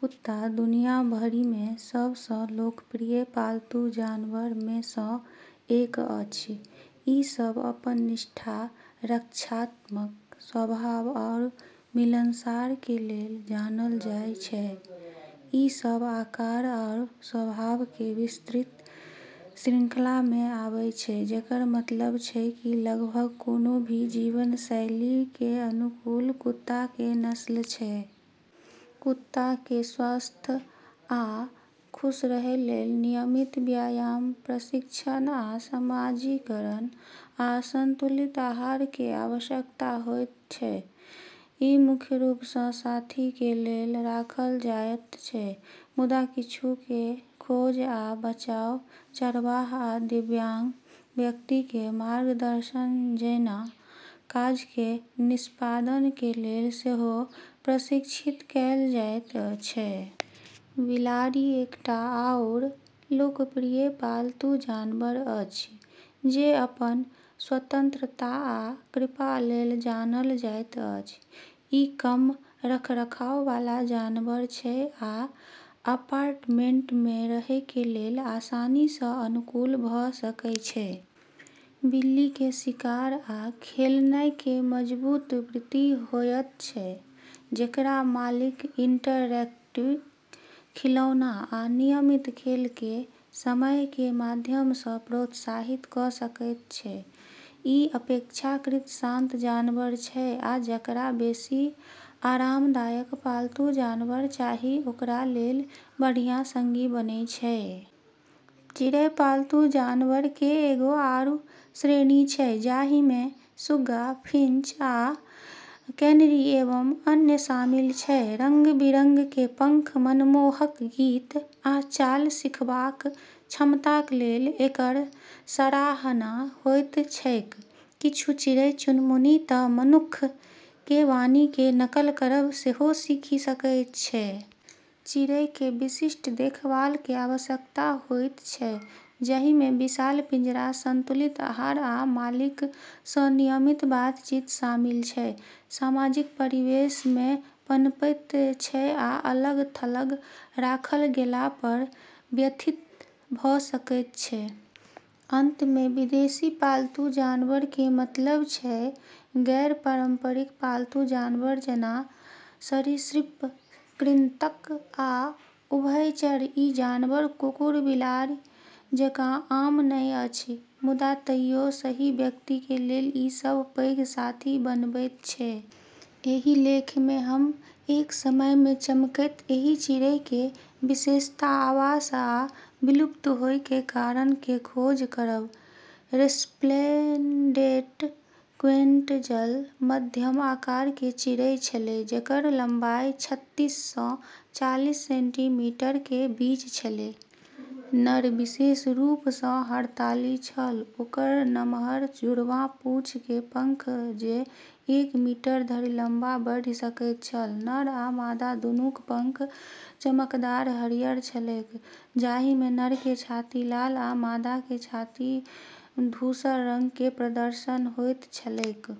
कुत्ता दुनिया भरि में सब सँ लोकप्रिय पालतू जानवर में सँ एक अछि। ई सब अपन निष्ठा, रक्षात्मक स्वभाव, आरू मिलनसार के लेल जानल जाय छै। ई सब आकार आरू स्वभाव के विस्तृत श्रृंखला में आबै छै, जेकर मतलब छै कि लगभग कोनो भी जीवनशैली के अनुकूल कुत्ता के नस्ल छै। कुत्ता के स्वस्थ आ खुश रहय लेल नियमित व्यायाम, प्रशिक्षण आ समाजीकरण, आ संतुलित आहार के आवश्यकता होयत छै। ई मुख्य रूप सँ साथी के लेल राखल जायत छै, मुदा किछु के खोज आ बचाव, चरबाह, आ दिव्यांग व्यक्ति के मार्गदर्शन जैना काज के निष्पादन के लेल सेहो प्रशिक्षित कएल जाइत छै। बिलाड़ि एकटा आओर लोकप्रिय पालतू जानवर अछि, जे अपन स्वतंत्रता आ कृपा लेल जानल जाइत अछि। ई कम रखरखाव वाला जानवर छै आ अपार्टमेंट में रहय के लेल आसानी सँ अनुकूल भऽ सकय छै। बिल्ली के शिकार आ खेलनाय के मजबूत वृत्ति होयत छै, जेकरा मालिक इंटरैक्टिव खिलौना आ नियमित खेल के समय के माध्यम सँ प्रोत्साहित क' सकैत छै। ई अपेक्षाकृत शांत जानवर छै आ जकरा बेशी आरामदायक पालतू जानवर चाही ओकरा लेल बढ़िया संगी बनै छै। चिड़ै पालतू जानवर के एगो आरू श्रेणी छै, जाहिमें सुग्गा, फिंच, आ कैनरी एवं अन्य शामिल छै। रंग-बिरंग के पंख, मनमोहक गीत, आ चाल सीखबाक क्षमता के लेल एकर सराहना होइत छैक। किछु चिड़ै-चुनमुनी तऽ मनुक्ख के वाणी के नकल करब सेहो सीखि सकैत छै। चिड़ै के विशिष्ट देखभाल के आवश्यकता होइत छै, जहि में विशाल पिंजरा, संतुलित आहार, आ मालिक सँ नियमित बातचीत शामिल छै। सामाजिक परिवेश में पनपैत छै आ अलग-थलग राखल गेला पर व्यथित भऽ सकैत छै। अंत में, विदेशी पालतू जानवर के मतलब छै गैर-पारंपरिक पालतू जानवर जेना सरीसृप, कृंतक, आ उभयचर। ई जानवर कुकुर-बिलाड़ि जकाँ आम नहि अछि, मुदा तइयो सही व्यक्ति के लेल ई सभ पैघ साथी बनबैत छै। एहि लेख में हम एक समय में चमकैत एहि चिड़ै के विशेषता, आवास आ विलुप्त होय के कारण के खोज करब। रेस्प्लेन्डेंट क्वेट्ज़ल मध्यम आकार के चिड़ै छेलै, जेकर लम्बाई छत्तीस सँ चालिस सेंटीमीटर के बीच छेलै। नर विशेष रूप सँ हड़ताली छल, ओकर नमहर, जुड़वाँ पूँछ के पंख जे एक मीटर धरि लम्बा बढ़ि सकैत छल। नर आ मादा दूनूक पंख चमकदार हरियर छलैक, जाहि में नर के छाती लाल आ मादा के छाती धूसर रंग के प्रदर्शन होइत छलैक।